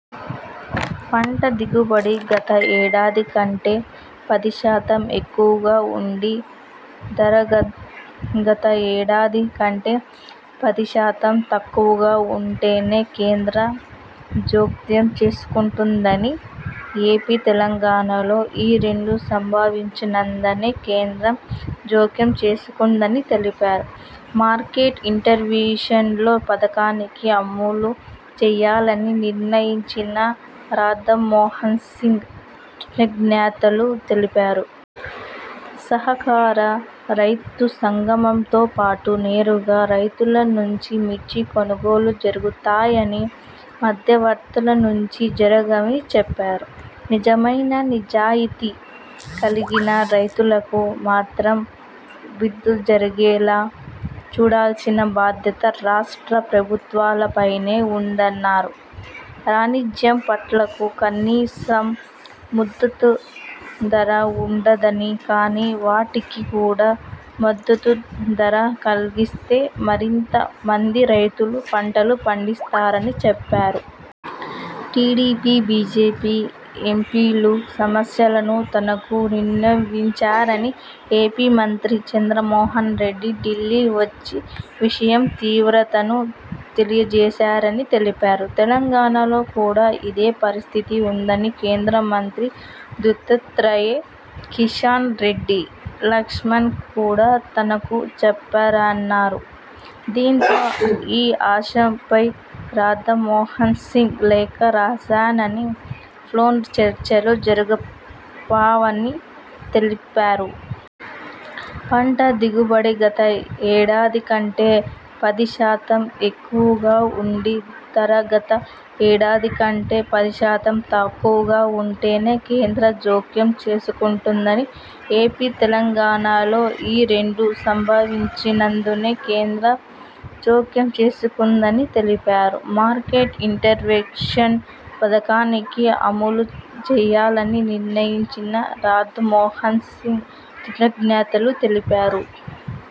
పంట దిగుబడి గత ఏడాది కంటే పదిశాతం ఎక్కువగా ఉండి, ధర గత గత ఏడాది కంటే పదిశాతం తక్కువగా ఉంటేనే కేంద్ర జోక్యం చేసుకుంటుందని, ఏపీ, తెలంగాణల్లో ఈ రెండూ సంభవించినందునే కేంద్రం జోక్యం చేసుకుందని తెలిపారు. మార్కెట్ ఇంటర్వెన్షన్ పథకాన్ని అమలు చేయాలని నిర్ణయించిన రాధామోహనసింగ్కు కృతజ్ఞతలు తెలిపారు. సహకార, రైతుసంఘామేముపాటు నేరుగా రైతుల నుంచి మిర్చి కొనుగోళ్లు జరుగుతాయని, మధ్యవర్తుల నుంచి జరగవని చెప్పారు. నిజమైన, నిజాయితీ కలిగిన రైతులకు మాత్రము విధు జరిగేలా చూడాల్సిన బాధ్యత రాష్ట్ర ప్రభుత్వాలపైనే ఉందన్నారు. వాణిజ్య పంటలకు కనీస మద్దతు ధర ఉండదని, కానీ, వాటికి కూడా మద్దతు ధర కల్పిస్తే మరింత మంది రైతులు పంటలు పండిస్తారని చెప్పారు. టీడీపీ, బీజేపీ ఎంపీలు సమస్యను తనకు విన్నవించారని, ఏపీ మంత్రి చంద్రమోహనరెడ్డి ఢిల్లీ వచ్చి విషయమ్ తీవ్రతను తెలియజేశారని తెలిపారు. తెలంగాణలో కూడా ఇదే పరిస్థితి ఉందని కేంద్రమంత్రి దుత్తాత్రేయ, కిషన రెడ్డి, లక్ష్మణ్ కూడా తనకు చెప్పారన్నారు. దీంతో ఈ అంశపై రాధామోహనసింగ్కు లేఖ రాశానని, న్లో చర్చలు జరిపానని తెలిపారు. పంట దిగుబడి గత ఏడాది కంటే పదిశాతం ఎక్కువగా ఉండి, ధర గత ఏడాది కంటే పదిశాతం తక్కువగా ఉంటేనే కేంద్రం జోక్యం చేసుకుంటుందని, ఏపీ, తెలంగాణల్లో ఈ రెండూ సంభవించినందునే కేంద్రం జోక్యం చేసుకుందని తెలిపారు. మార్కెట్ ఇంటర్వెన్షన పథకాన్ని అమలు చేయాలని నిర్ణయించిన రాధామోహనసింగ్కు కృతజ్ఞతలు తెలిపారు.